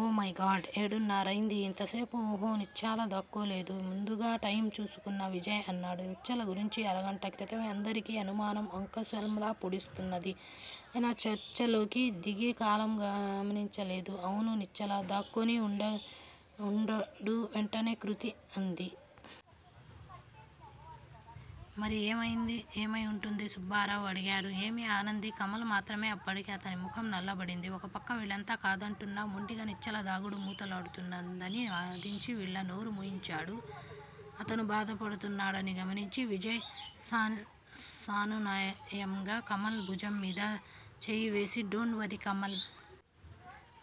ఓ my god. ఏడున్నర అయింది ఇంతసేపు ఉహో నిశ్చల దాక్కోలేదు ముందుగా టైము చూసుకున్న విజయ్ అన్నాడు. నిశ్చల గురించి అరగంట క్రితమే అందరికీ అనుమానం అంకుశంలా పొడుస్తున్నది. అయినా చర్చలోకి దిగి కాలం గమనించలేదు. అవును నిశ్చల దాక్కొని వుండడు వెంటనే కృతి అంది. మరి ఏమయి వుంటుంది? సుబ్బారావు అడిగాడు. ఏమీ ఆనంది కమల్ మాత్రమే అప్పటికే అతని ముఖం నల్లబడింది ఓపక్క వీళ్ళంతా కాదంటున్నా మొండిగా నిశ్చల దాగుడు మూతలాడుతున్నదని వాదించి వీళ్ళ నోరు మూయించాడు. అతను బాధపడుతున్నాడని గమనించి విజయ్ సానునయంగా కమల్ బుజంమీద చేయివేసి డోంట్ వర్రీ కమల్!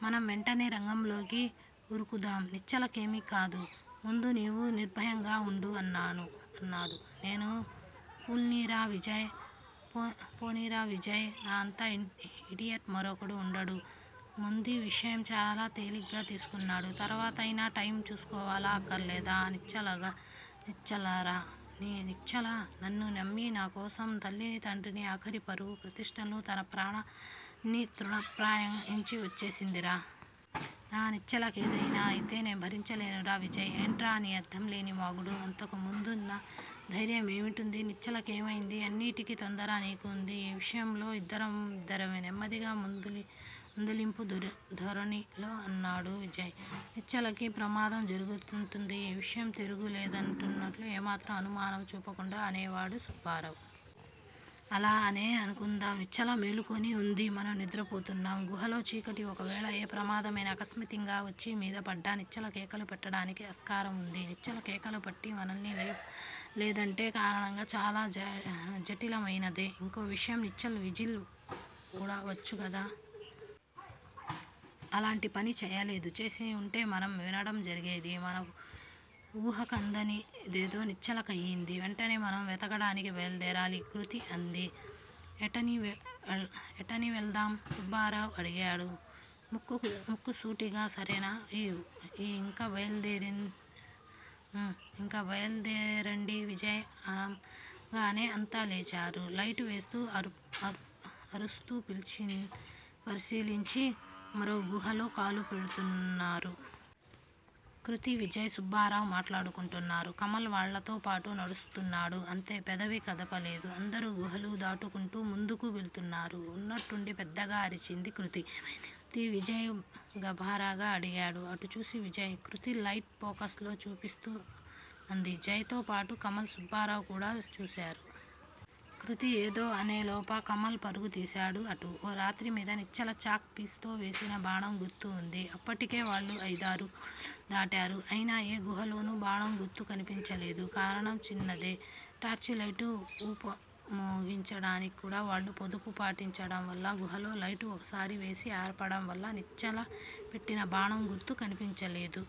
మనం వెంటనే రంగంలోకి వురుకుందా. నిశ్చల కేమీకాదు. ముందు నీవు నిర్భయంగా వుండు అన్నాడు. నేను పూల్నిరా విజయ్! నా అంత ఇడియట్ మరొకడు వుండడు. ముందీవిషయం చాలా తేలిగ్గా తీసుకున్నాను. తర్వాతయినా టైము చూసుకోవాలా అక్కరలేదా! నిశ్చలరా. నా నిశ్చల. నన్ను నమ్మి నాకోసం తల్లిని తండ్రిని ఆఖరికి పరువు ప్రతిష్టలను తనప్రాణాన్నితృణప్రాయంగా ఎంచి వచ్చేసిందిరా! నా నిశ్చల కేదైనా అయితే నే భరించలేనురా విజయ్! ఏమిట్రా ఈ అర్ధంలేని వాగుడు! ఇంతకుముందున్న ధైర్యం ఏమయింది నిశ్చలకేమయింది. అన్నింటికీ తొందర నీకూ వుంది. ఈ విషయంలో ఇద్దరూ యిద్దరే నెమ్మదిగా మందలింపు ధోరణిలో అన్నాడు విజయ్. నిశ్చలకి ప్రమాదం జరిగివుంటుంది! ఈ విషయంలో తిరుగులేదన్నట్లు ఏ మాత్రం అనుమానం చూపకుండా అనేశాడు సుబ్బారావు. అలా అనే అనుకుందాం. నిశ్చల మేలుకుని వుంది. మనం నిద్రపోతున్నాం. గుహలో చీకటి ఓ వేళ ఏ ప్రమాదమైన అకస్మాత్తుగా వచ్చి మీదపడ్డా నిశ్చల కేకలు పెట్టటానికి ఆస్కారం వుంది. నిశ్చల కేకల పేట్టి మనల్ని లేపలేదంటే కారణం చాలా జటిల మైనదే. ఇంకో విషయం నిశ్చల విజిల్ వూడవచ్చు కదా? అలాంటి పని చెయ్యలేదు. చేసివుంటే మనం వినడం జరిగేది. మన వూహకందనిదేదో నిశ్చల కయింది. వెంటనే మనం వెతకడానికి బయల్దేరాలి కృతి అంది. ఎటని వెళతాం? సుబ్బారావు అడిగాడు. ముక్కుకు సూటిగా సరేనా? ఊ ఇంక బయల్దేరండి విజయ్ అనంగానే అంతా లేచారు. లైటు వేస్తూ అర్పుతూ పరిశీలించి మరో గుహలో కాలుపెడుతున్నారు. కృతి విజయ్. సుబ్బారావు మాట్లాడుకుంటున్నారు. కమల్ వాళ్ళతోపాటు నడుస్తున్నాడు అంతే పెదవి కదపలేదు. అందరూ గుహలు దాటుకుంటూ ముందుకు వెళుతున్నారు. ఉన్నట్టుండి పెద్దగా అరిచింది కృతి. ఏమైంది కృతీ! విజయ్ గాభరాగా అడిగాడు. అటుచూడు విజయ్! కృతి లైట్ ఫోకస్ లో చూపిస్తూ అంది. జయ్ తో పాటు కమల్ సుబ్బరావు కూడా చూశారు. కృతి ఏదో అనేలోప కమల్ పరుగు తీశాడు అటు. ఓ రాతి మీద నిశ్చల చాక్ పీసుతో వేసిన బాణం గుర్తు ఉంది. అప్పటికే వాళ్ళు అయిదారు గుహాలు దాటారు. అయినా ఏ గుహాలోనూ బాణంగుర్తు కనిపించలేదు. కారణం చిన్నదే. టార్చిలైటు వుపయోగించటానికి కూడా వాళ్ళు పొదుపు పాటించటంవల్ల గుహలో లైటు ఒకసారి వేసి అర్పటంవల్ల నిశ్చల పెట్టిన బాణం గుర్తు కనిపించలేదు.